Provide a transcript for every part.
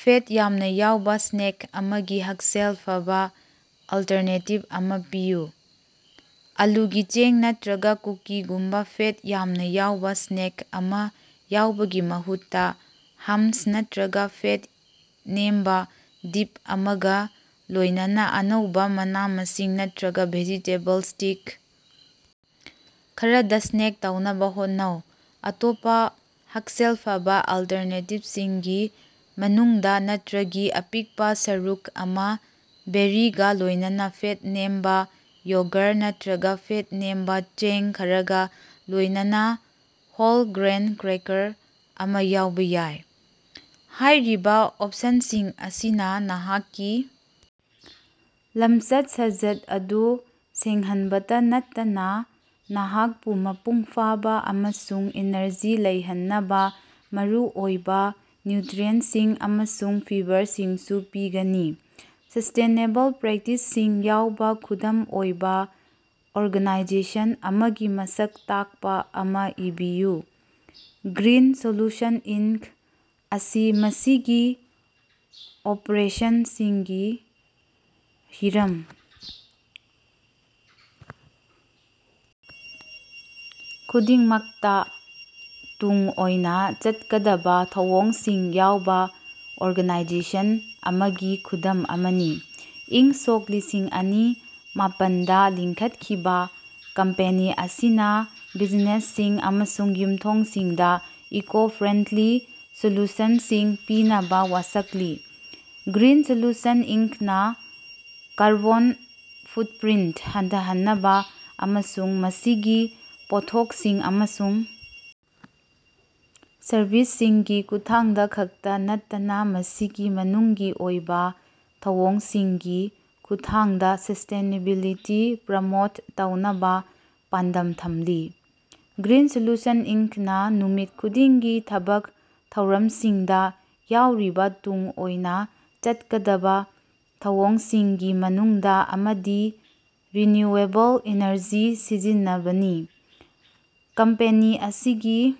Fat ꯌꯥꯝꯅꯥ ꯌꯥꯎꯕꯥ snake ꯑꯃꯒꯤ ꯍꯛꯁꯦꯜ ꯐꯕꯥ ꯑꯜꯇꯔꯅꯦꯇꯤꯚ ꯑꯃꯥ ꯄꯤꯌꯨ꯫ ꯑꯥꯂꯨꯒꯤ ꯆꯦꯡ ꯅꯠꯇ꯭ꯔꯒꯥ ꯀꯨꯀꯤꯒꯨꯝꯕꯥ ꯐꯦꯠ ꯌꯥꯝꯅꯥ ꯌꯥꯎꯕꯥ ꯁ꯭ꯅꯦꯛ ꯑꯃꯥ ꯌꯧꯕꯒꯤ ꯃꯍꯨꯠꯇꯥ, ꯍꯝꯁ ꯅꯠꯇ꯭ꯔꯒꯥ ꯐꯦꯠ ꯅꯦꯝꯕꯥ ꯗꯤꯞ ꯑꯃꯒꯥ ꯂꯣꯏꯅꯅꯥ ꯑꯅꯧꯕꯥ ꯃꯅꯥ-ꯃꯁꯤꯡ ꯅꯠꯇ꯭ꯔꯒꯥ ꯚꯦꯖꯤꯇꯦꯕꯜ ꯁ꯭ꯇꯤꯛ ꯈꯔꯗꯥ ꯁ꯭ꯅꯦꯛ ꯇꯧꯅꯕꯥ ꯍꯣꯠꯅꯧ꯫ ꯑꯇꯣꯞꯄꯥ ꯍꯛꯁꯦꯜ ꯐꯕꯥ ꯑꯜꯇꯔꯅꯦꯇꯤꯚꯁꯤꯡꯒꯤ ꯃꯅꯨꯡꯗꯥ ꯅꯠꯇ꯭ꯔꯒꯤ ꯑꯄꯤꯛꯄꯥ ꯁꯔꯨꯛ ꯑꯃꯥ, ꯕꯦꯔꯤꯒꯥ ꯂꯣꯏꯅꯅꯥ ꯐꯦꯠ ꯅꯦꯝꯕꯥ ꯌꯣꯒꯔ ꯅꯠꯇ꯭ꯔꯒꯥ ꯐꯦꯠ ꯅꯦꯝꯕꯥ ꯆꯦꯡ ꯈꯔꯒꯥ ꯂꯣꯏꯅꯅꯥ ꯍꯣꯜ-ꯒ꯭ꯔꯦꯟ ꯀ꯭ꯔꯦꯀꯔ ꯑꯃꯥ ꯌꯥꯎꯕꯥ ꯌꯥꯏ꯫ ꯍꯥꯏꯔꯤꯕꯥ ꯑꯣꯞꯁꯟꯁꯤꯡ ꯑꯁꯤꯅꯥ ꯅꯍꯥꯛꯀꯤ ꯂꯝꯆꯠ-ꯁꯥꯖꯠ ꯑꯗꯨ ꯁꯦꯡꯍꯟꯕꯇꯥ ꯅꯠꯇꯅꯥ ꯅꯍꯥꯛꯄꯨ ꯃꯄꯨꯡ ꯐꯥꯅꯥ ꯑꯃꯁꯨꯡ ꯏꯅꯔꯖꯤ ꯂꯩꯍꯟꯅꯕꯥ ꯃꯔꯨꯑꯣꯏꯕꯥ ꯅ꯭ꯌꯨꯇ꯭ꯔꯤꯑꯦꯟꯇꯁꯤꯡ ꯑꯃꯁꯨꯡ ꯐꯤꯕꯔꯁꯤꯡꯁꯨ ꯄꯤꯒꯅꯤ꯫ ꯁꯁ꯭ꯇꯦꯅꯦꯕꯜ ꯄ꯭ꯔꯦꯛꯇꯤꯁꯁꯤꯡ ꯌꯥꯎꯕꯥ ꯈꯨꯗꯝ ꯑꯣꯏꯕꯥ ꯑꯣꯔꯒꯥꯅꯥꯏꯖꯦꯁꯟ ꯑꯃꯒꯤ ꯃꯁꯛ ꯇꯥꯛꯄꯥ ꯑꯃꯥ ꯏꯕꯤꯌꯨ꯫ ꯒ꯭ꯔꯤꯟ ꯁꯣꯂꯨꯁꯟ ꯏꯟꯀ ꯑꯁꯤ ꯃꯁꯤꯒꯤ ꯑꯣꯄꯔꯦꯁꯟꯁꯤꯡꯒꯤ ꯍꯤꯔꯝ ꯈꯨꯗꯤꯡꯃꯛꯇꯥ ꯇꯨꯡ ꯀꯣꯏꯅꯥ ꯆꯠꯀꯗꯕꯥ ꯊꯧꯑꯣꯡꯁꯤꯡ ꯌꯥꯎꯕꯥ ꯑꯣꯔꯒꯅꯥꯏꯖꯦꯁꯟ ꯑꯃꯒꯤ ꯈꯨꯗꯝ ꯑꯃꯅꯤ꯫ꯏꯪ ꯁꯣꯛ ꯂꯤꯁꯤꯡꯑꯅꯤ ꯃꯥꯄꯟꯗꯥ ꯂꯤꯡꯈꯠꯈꯤꯕꯥ ꯀꯝꯄꯦꯅꯤ ꯑꯁꯤꯅꯥ ꯕꯤꯖꯤꯅꯦꯁꯁꯤꯡ ꯑꯃꯁꯨꯡ ꯌꯨꯝꯊꯣꯡꯁꯤꯡꯗꯥ ꯏꯀꯣ-ꯐ꯭ꯔꯦꯟꯗꯂꯤ ꯁꯣꯂꯨꯁꯅꯁꯤꯡ ꯄꯤꯅꯕꯥ ꯋꯥꯁꯛꯂꯤ꯫ ꯒ꯭ꯔꯤꯟ ꯁꯣꯂꯨꯁꯟ ꯏꯟꯀꯅꯥ ꯀꯥꯔꯕꯣꯟ ꯐꯨꯠꯄ꯭ꯔꯤꯟꯇ ꯍꯟꯊꯍꯟꯅꯕꯥ ꯑꯃꯁꯨꯡ ꯃꯁꯤꯒꯤ ꯄꯣꯠꯊꯣꯛꯁꯤꯡ ꯑꯃꯁꯨꯡ ꯁꯔꯕꯤꯁꯁꯤꯡꯒꯤ ꯈꯨꯠꯊꯥꯡꯗꯥ ꯈꯛꯇꯥ ꯅꯠꯇꯅꯥ ꯃꯁꯤꯒꯤ ꯃꯅꯨꯡꯒꯤ ꯑꯣꯏꯕꯥ ꯊꯧꯑꯣꯡꯁꯤꯡꯒꯤ ꯈꯨꯠꯊꯥꯡꯗꯥ ꯁꯁ꯭ꯇꯦꯅꯦꯕꯤꯂꯤꯇꯤ ꯄ꯭ꯔꯃꯣꯠ ꯇꯧꯅꯕꯥ ꯄꯥꯟꯗꯝ ꯊꯝꯂꯤ꯫ ꯒ꯭ꯔꯤꯟ ꯁꯣꯂꯨꯁꯟ ꯏꯟꯀꯅꯥ ꯅꯨꯃꯤꯠ ꯈꯨꯗꯤꯡꯒꯤ ꯊꯕꯛ ꯊꯧꯔꯝꯁꯤꯡꯗꯥ ꯌꯥꯎꯔꯤꯕꯥ ꯇꯨꯡ ꯀꯣꯏꯅꯥ ꯆꯠꯀꯗꯕꯥ ꯊꯧꯑꯣꯡꯁꯤꯡꯒꯤ ꯃꯅꯨꯡꯗꯥ ꯑꯃꯗꯤ ꯔꯤꯅ꯭ꯌꯨꯑꯦꯕꯜ ꯏꯅꯔꯖꯤ ꯁꯤꯖꯤꯟꯅꯕꯅꯤ꯫ ꯀꯝꯄꯦꯅꯤ ꯑꯁꯤꯒꯤ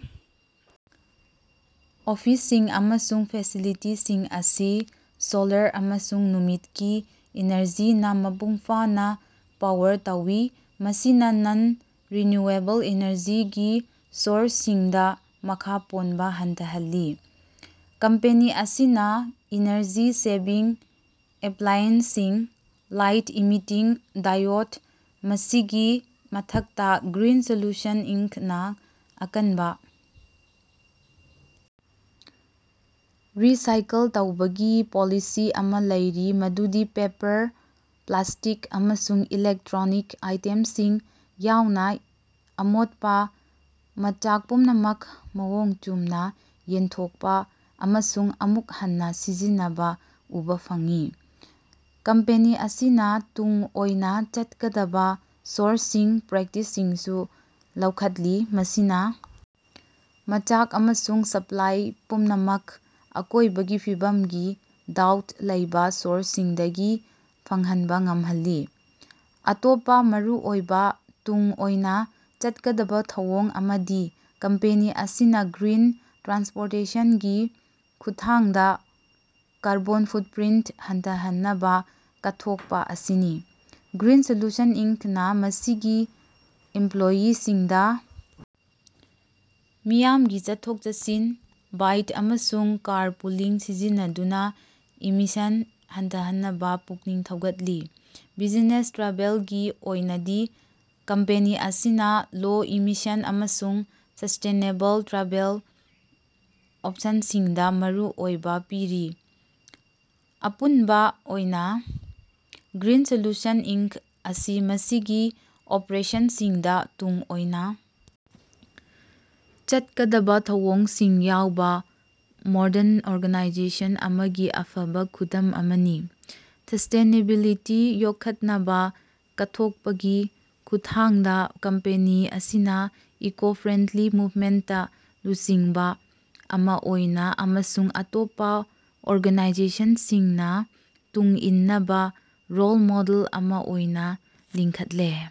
ꯑꯣꯐꯤꯁꯁꯤꯡ ꯑꯃꯁꯨꯡ ꯐꯦꯁꯤꯂꯤꯇꯤꯁꯤꯡ ꯑꯁꯤ ꯁꯣꯂꯔ ꯑꯃꯁꯨꯡ ꯅꯨꯡꯁꯤꯠꯀꯤ ꯏꯅꯔꯖꯤꯅꯥ ꯃꯄꯨꯡ ꯐꯥꯅꯥ ꯄꯥꯋꯔ ꯇꯧꯏ, ꯃꯁꯤꯅꯥ ꯅꯟ-ꯔꯤꯅ꯭ꯌꯨꯑꯦꯕꯜ ꯏꯅꯔꯖꯤꯒꯤ ꯁꯣꯔꯁꯁꯤꯡꯗꯥ ꯃꯈꯥ ꯄꯣꯟꯕꯥ ꯍꯟꯊꯍꯜꯂꯤ꯫ ꯀꯝꯄꯦꯅꯤ ꯑꯁꯤꯅꯥ ꯏꯅꯔꯖꯤ ꯁꯦꯚꯤꯡ ꯑꯦꯄ꯭ꯂꯥꯏꯑꯦꯟꯁꯁꯤꯡ, ꯂꯥꯏꯠ ꯏꯃꯤꯠꯇꯤꯡ ꯗꯥꯏꯑꯣꯠ ꯃꯁꯤꯒꯤ ꯃꯊꯛꯇꯥ, ꯒ꯭ꯔꯤꯟ ꯁꯣꯂꯨꯁꯟ ꯏꯟꯀꯅꯥ ꯑꯀꯟꯕꯥ ꯔꯤꯁꯥꯏꯀꯜ ꯇꯧꯕꯒꯤ ꯄꯣꯂꯤꯁꯤ ꯑꯃꯥ ꯂꯩꯔꯤ ꯃꯗꯨꯗꯤ ꯄꯦꯄꯔ, ꯄ꯭ꯂꯥꯁꯇꯤꯛ ꯑꯃꯁꯨꯡ ꯏꯂꯦꯛꯇ꯭ꯔꯣꯅꯤꯛ ꯑꯥꯏꯇꯦꯝꯁꯤꯡ ꯌꯥꯎꯅꯥ ꯑꯃꯣꯠꯄꯥ ꯃꯆꯥꯛ ꯄꯨꯝꯅꯃꯛ ꯃꯑꯣꯡ ꯆꯨꯝꯅꯥ ꯌꯦꯟꯊꯣꯛꯄꯥ ꯑꯃꯁꯨꯡ ꯑꯃꯨꯛ ꯍꯟꯅꯥ ꯁꯤꯖꯤꯟꯅꯕꯥ ꯎꯕꯥ ꯐꯪꯏ꯫ ꯀꯝꯄꯦꯅꯤ ꯑꯁꯤꯅꯥ ꯇꯨꯡ ꯀꯣꯏꯅꯥ ꯆꯠꯀꯗꯕꯥ ꯁꯣꯔꯁꯁꯤꯡ ꯄ꯭ꯔꯦꯛꯇꯤꯁꯁꯤꯡꯁꯨ ꯂꯧꯈꯠꯂꯤ, ꯃꯁꯤꯅꯥ ꯃꯆꯥꯛ ꯑꯃꯁꯨꯡ ꯁꯄ꯭ꯂꯥꯏ ꯄꯨꯝꯅꯃꯛ ꯑꯀꯣꯏꯕꯒꯤ ꯐꯤꯕꯝꯒꯤ ꯗꯥꯎꯠ ꯂꯩꯕꯥ ꯁꯣꯔꯁꯁꯤꯡꯗꯒꯤ ꯐꯪꯍꯟꯕꯥ ꯉꯝꯍꯜꯂꯤ꯫ ꯑꯇꯣꯞꯄꯥ ꯃꯔꯨꯑꯣꯏꯕꯥ ꯇꯨꯡ ꯀꯣꯏꯅꯥ ꯆꯠꯀꯗꯕꯥ ꯊꯧꯑꯣꯡ ꯑꯃꯗꯤ ꯀꯝꯄꯦꯅꯤ ꯑꯁꯤꯅꯥ ꯒ꯭ꯔꯤꯟ ꯇ꯭ꯔꯥꯟꯁꯄꯣꯔꯇꯦꯁꯅꯒꯤ ꯈꯨꯠꯊꯥꯡꯗꯥ ꯀꯥꯔꯕꯣꯟ ꯐꯨꯠꯄ꯭ꯔꯤꯟꯇ ꯍꯟꯊꯍꯟꯅꯕꯥ ꯀꯠꯊꯣꯛꯄꯥ ꯑꯁꯤꯅꯤ꯫ ꯒ꯭ꯔꯤꯟ ꯁꯣꯂꯨꯁꯟ ꯏꯟꯀꯅꯥ ꯃꯁꯤꯒꯤ ꯏꯃꯄ꯭ꯂꯣꯌꯤꯁꯤꯡꯗꯥ ꯃꯤꯌꯥꯝꯒꯤ ꯆꯠꯊꯣꯛ-ꯆꯠꯁꯤꯟ, ꯕꯥꯏꯛ ꯑꯃꯁꯨꯡ ꯀꯥꯔꯄꯨꯂꯤꯡ ꯁꯤꯖꯤꯟꯅꯗꯨꯅꯥ ꯏꯃꯤꯁꯟ ꯍꯟꯊꯍꯟꯅꯕꯥ ꯄꯨꯛꯅꯤꯡ ꯊꯧꯒꯠꯂꯤ꯫ ꯕꯤꯖꯤꯅꯦꯁ ꯇ꯭ꯔꯥꯚꯦꯜꯒꯤ ꯑꯣꯏꯅꯗꯤ ꯀꯝꯄꯦꯅꯤ ꯑꯁꯤꯅꯥ ꯂꯣ-ꯏꯃꯤꯁꯟ ꯑꯃꯁꯨꯡ ꯁꯁ꯭ꯇꯦꯅꯦꯕꯜ ꯇ꯭ꯔꯥꯚꯦꯜ ꯑꯣꯞꯁꯟꯁꯤꯡꯗꯥ ꯃꯔꯨ ꯑꯣꯏꯕꯥ ꯄꯤꯔꯤ꯫ ꯑꯄꯨꯟꯕꯥ ꯑꯣꯏꯅꯥ, ꯒ꯭ꯔꯤꯟ ꯁꯣꯂꯨꯁꯟ ꯏꯟꯀ ꯑꯁꯤ ꯃꯁꯤꯒꯤ ꯑꯣꯄꯔꯦꯁꯟꯁꯤꯡꯗꯥ ꯇꯨꯡ ꯀꯣꯏꯅꯥ ꯆꯠꯀꯗꯕꯥ ꯊꯧꯑꯣꯡꯁꯤꯡ ꯌꯥꯎꯕꯥ ꯃꯣꯔꯗꯟ ꯑꯣꯔꯒꯅꯥꯏꯖꯦꯁꯟ ꯑꯃꯒꯤ ꯑꯐꯕꯥ ꯈꯨꯗꯝ ꯑꯃꯅꯤ꯫ ꯁꯁ꯭ꯇꯦꯅꯦꯕꯤꯂꯤꯇꯤ ꯌꯣꯛꯈꯠꯅꯕꯥ ꯀꯠꯊꯣꯛꯄꯒꯤ ꯈꯨꯠꯊꯥꯡꯗꯥ ꯀꯝꯄꯦꯅꯤ ꯑꯁꯤꯅꯥ ꯏꯀꯣ-ꯐ꯭ꯔꯦꯟꯗꯂꯤ ꯃꯨꯕꯃꯦꯟꯇꯇꯥ ꯂꯨꯆꯤꯡꯕꯥ ꯑꯃꯥ ꯑꯣꯏꯅꯥ ꯑꯃꯁꯨꯡ ꯑꯇꯣꯞꯄꯥ ꯑꯣꯔꯒꯅꯥꯏꯖꯦꯁꯅꯁꯤꯡꯅꯥ ꯇꯨꯡ ꯏꯟꯅꯕꯥ ꯔꯣꯜ ꯃꯣꯗꯦꯜ ꯑꯃꯥ ꯑꯣꯏꯅꯥ ꯂꯤꯡꯈꯠꯂꯦ꯫